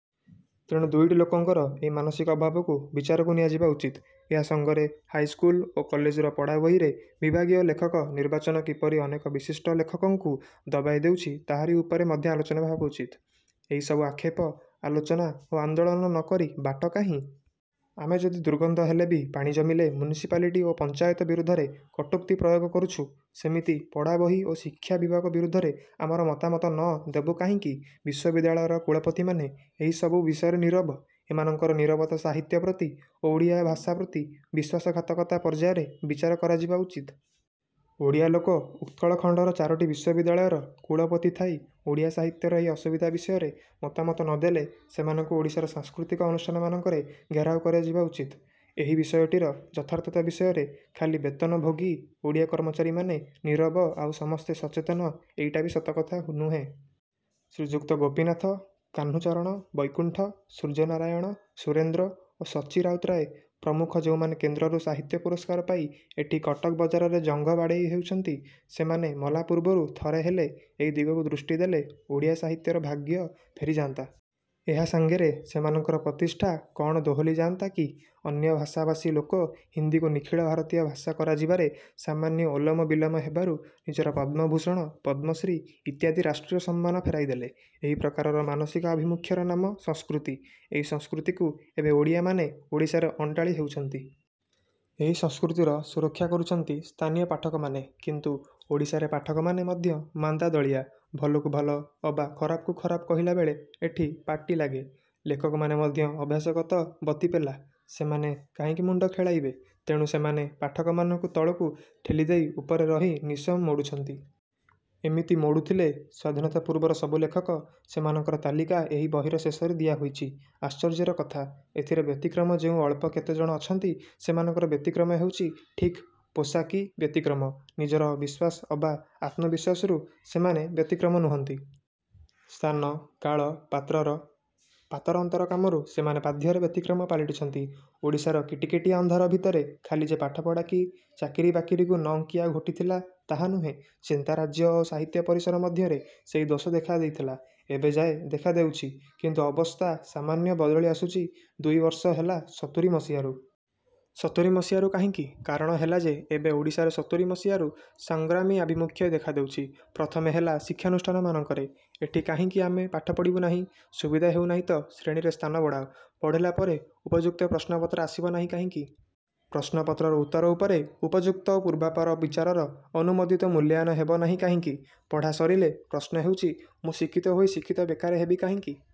ତେଣୁ ଦୁଇ କୋଟି ଲୋକଙ୍କର ଏଇ ମାନସିକ ଅଭାବକୁ ବିଚାରକୁ ନିଆଯିବା ଉଚିତ। ଏହା ସାଙ୍ଗରେ ହାଇସ୍କୁଲ ଓ କଲେଜର ପଢ଼ାବହିରେ ବିଭାଗୀୟ ଲେଖକ ନିର୍ବାଚନ କିପରି ଅନେକ ବିଶିଷ୍ଟ ଲେଖକଙ୍କୁ ଦବାଇଦେଉଛି, ତାହାରି ଉପରେ ମଧ୍ୟ ଆଲୋଚନା ହେବା ଉଚିତ। ଏଇସବୁ ଆକ୍ଷେପ, ଆଲୋଚନା ଓ ଆନ୍ଦୋଳନ ନ କରି ବାଟ କାହିଁ? ଆମେ ଯଦି ଦୁର୍ଗନ୍ଧ ହେଲେ ବି ପାଣି ଜମିଲେ ମ୍ୟୁନିସିପାଲିଟି ଓ ପଞ୍ଚାୟତ ବିରୁଦ୍ଧରେ କଟୁକ୍ତି ପ୍ରୟୋଗ କରୁଛୁ, ସେମିତି ପଢ଼ାବହି ଓ ଶିକ୍ଷା ବିଭାଗ ବିରୁଦ୍ଧରେ ଆମର ମତାମତ ନ ଦେବୁ କାହିଁକି? ବିଶ୍ୱବିଦ୍ୟାଳୟର କୁଳପତିମାନେ ଏହିସବୁ ବିଷୟରେ ନୀରବ। ଏମାନଙ୍କର ନୀରବତା ସାହିତ୍ୟ ପ୍ରତି ଓ ଓଡ଼ିଆ ଭାଷା ପ୍ରତି ବିଶ୍ୱାସଘାତକତା ପର୍ଯ୍ୟାୟରେ ବିଚାର କରାଯିବା ଉଚିତ। ଓଡ଼ିଆ ଲୋକ ଉତ୍କଳଖଣ୍ଡର ଚାରୋଟି ବିଶ୍ୱବିଦ୍ୟାଳୟର କୁଳପତି ଥାଇ ଓଡ଼ିଆ ସାହିତ୍ୟର ଏହି ଅସୁବିଧା ବିଷୟରେ ମତାମତ ନ ଦେଲେ ସେମାନଙ୍କୁ ଓଡ଼ିଶାର ସାଂସ୍କୃତିକ ଅନୁଷ୍ଠାନମାନଙ୍କରେ ଘେରାଉ କରାଯିବା ଉଚିତ। ଏହି ବିଷୟଟିର ଯଥାର୍ଥତା ବିଷୟରେ ଖାଲି ବେତନଭୋଗୀ ଓଡ଼ିଆ କର୍ମଚାରୀମାନେ ନୀରବ ଆଉ ସମସ୍ତେ ସଚେତନ, ଏଇଟା ବି ସତ କଥା ନୁହେଁ। ଶ୍ରୀଯୁକ୍ତ ଗୋପୀନାଥ, କାହ୍ନୁଚରଣ, ବୈକୁଣ୍ଠ, ସୂର୍ଯ୍ୟନାରାୟଣ, ସୁରେନ୍ଦ୍ର ଓ ସଚ୍ଚି ରାଉତରାୟ ପ୍ରମୁଖ ଯେଉଁମାନେ କେନ୍ଦ୍ରରୁ ସାହିତ୍ୟ ପୁରସ୍କାର ପାଇ ଏଠି କଟକ ବଜାରରେ ଜଙ୍ଘ ବାଡ଼େଇ ହେଉଛନ୍ତି, ସେମାନେ ମଲା ପୂର୍ବରୁ ଥରେ ହେଲେ ଏହି ଦିଗକୁ ଦୃଷ୍ଟି ଦେଲେ ଓଡ଼ିଆ ସାହିତ୍ୟର ଭାଗ୍ୟ ଫେରିଯାନ୍ତା। ଏହା ସାଙ୍ଗରେ ସେମାନଙ୍କର ପ୍ରତିଷ୍ଠା କ'ଣ ଦୋହଲି ଯାଆନ୍ତା କି?ଅନ୍ୟ ଭାଷାଭାଷୀ ଲୋକ ହିନ୍ଦୀକୁ ନିଖିଳ ଭାରତୀୟ ଭାଷା କରାଯିବାରେ ସାମାନ୍ୟ ଓଲମବିଲମ ହେବାରୁ ନିଜର ପଦ୍ମଭୂଷଣ, ପଦ୍ମଶ୍ରୀ ଇତ୍ୟାଦି ରାଷ୍ଟ୍ରୀୟ ସମ୍ମାନ ଫେରାଇଦେଲେ। ଏହି ପ୍ରକାରର ମାନସିକ ଆଭିମୁଖ୍ୟର ନାମ ସଂସ୍କୃତି। ଏଇ ସଂସ୍କୃତିକୁ ଏବେ ଓଡ଼ିଆମାନେ ଓଡ଼ିଶାରେ ଅଣ୍ଡାଳି ହେଉଛନ୍ତି। ଏହି ସଂସ୍କୃତିର ସୁରକ୍ଷା କରୁଛନ୍ତି ସ୍ଥାନୀୟ ପାଠକମାନେ; କିନ୍ତୁ ଓଡ଼ିଶାରେ ପାଠକମାନେ ମଧ୍ୟ ମାନ୍ଦାଦଳିଆ, ଭଲକୁ ଭଲ ଅବା ଖରାପକୁ ଖରାପ କହିଲା ବେଳେ ଏଠି ପାଟି ଲାଗେ। ଲେଖକମାନେ ମଧ୍ୟ ଅଭ୍ୟାସଗତ ବତିପେଲା, ସେମାନେ କାହିଁକି ମୁଣ୍ଡ ଖେଳାଇବେ? ତେଣୁ ସେମାନେ ପାଠକମାନଙ୍କୁ ତଳକୁ ଠେଲିଦେଇ ଉପରେ ରହି ନିଶ ମୋଡୁଛନ୍ତି। ଏମିତି ମୋଡୁଥିଲେ ସ୍ୱାଧୀନତା ପୂର୍ବର ସବୁ ଲେଖକ, ସେମାନଙ୍କର ତାଲିକା ଏହି ବହିର ଶେଷରେ ଦିଆହୋଇଛି। ଆଶ୍ଚର୍ଯ୍ୟର କଥା, ଏଥିରେ ବ୍ୟତିକ୍ରମ ଯେଉଁ ଅଳ୍ପ କେତେଜଣ ଅଛନ୍ତି ସେମାନଙ୍କର ବ୍ୟତିକ୍ରମ ହେଉଛି ଠିକ୍ ପୋଷାକୀ ବ୍ୟତିକ୍ରମ। ନିଜର ବିଶ୍ୱାସ ଅବା ଆତ୍ମବିଶ୍ୱାସରୁ ସେମାନେ ବ୍ୟତିକ୍ରମ ନୁହନ୍ତି। ସ୍ଥାନ, କାଳ, ପାତ୍ରର ପାତରଅନ୍ତର କାମରୁ ସେମାନେ ବାଧ୍ୟରେ ବ୍ୟତିକ୍ରମ ପାଲଟିଛନ୍ତି। ଓଡ଼ିଶାର କିଟିକିଟିଆ ଅନ୍ଧାର ଭିତରେ ଖାଲି ଯେ ପାଠପଢ଼ା କି ଚାକିରିବାକିରିକୁ ନଅଙ୍କିଆ ଘୋଟିଥିଲା ତାହା ନୁହେଁ, ଚିନ୍ତାରାଜ୍ୟ ଆଉ ସାହିତ୍ୟ ପରିସର ମଧ୍ୟରେ ସେହି ଦୋଷ ଦେଖାଦେଇଥିଲା। ଏବେ ଯାଏ ଦେଖାଦେଉଛି; କିନ୍ତୁ ଅବସ୍ଥା ସାମାନ୍ୟ ବଦଳିଆସୁଛି ଦୁଇ ବର୍ଷ ହେଲା, ସତୁରି ମସିହାରୁ। ସତୁରି ମସିହାରୁ କାହିଁକି? କାରଣ ହେଲା ଯେ ଏବେ ଓଡ଼ିଶାରେ ସତୁରି ମସିହାରୁ ସଂଗ୍ରାମୀ ଆଭିମୁଖ୍ୟ ଦେଖାଦେଉଛି। ପ୍ରଥମେ ହେଲା ଶିକ୍ଷାନୁଷ୍ଠାନମାନଙ୍କରେ। ଏଠି କାହିଁକି ଆମେ ପାଠ ପଢ଼ିବୁ ନାହିଁ? ସୁବିଧା ହେଉନାହିଁ ତ ଶ୍ରେଣୀରେ ସ୍ଥାନ ବଢ଼ାଅ। ପଢ଼ିଲା ପରେ ଉପଯୁକ୍ତ ପ୍ରଶ୍ନପତ୍ର ଆସିବ ନାହିଁ କାହିଁକି? ପ୍ରଶ୍ନପତ୍ରର ଉତ୍ତର ଉପରେ ଉପଯୁକ୍ତ ଓ ପୂର୍ବାପର ବିଚାରର ଅନୁମୋଦିତ ମୂଲ୍ୟାୟନ ହେବ ନାହିଁ କାହିଁକି? ପଢ଼ା ସରିଲେ ପ୍ରଶ୍ନ ହେଉଛି, ମୁଁ ଶିକ୍ଷିତ ହୋଇ ଶିକ୍ଷିତ ବେକାର ହେବି କାହିଁକି?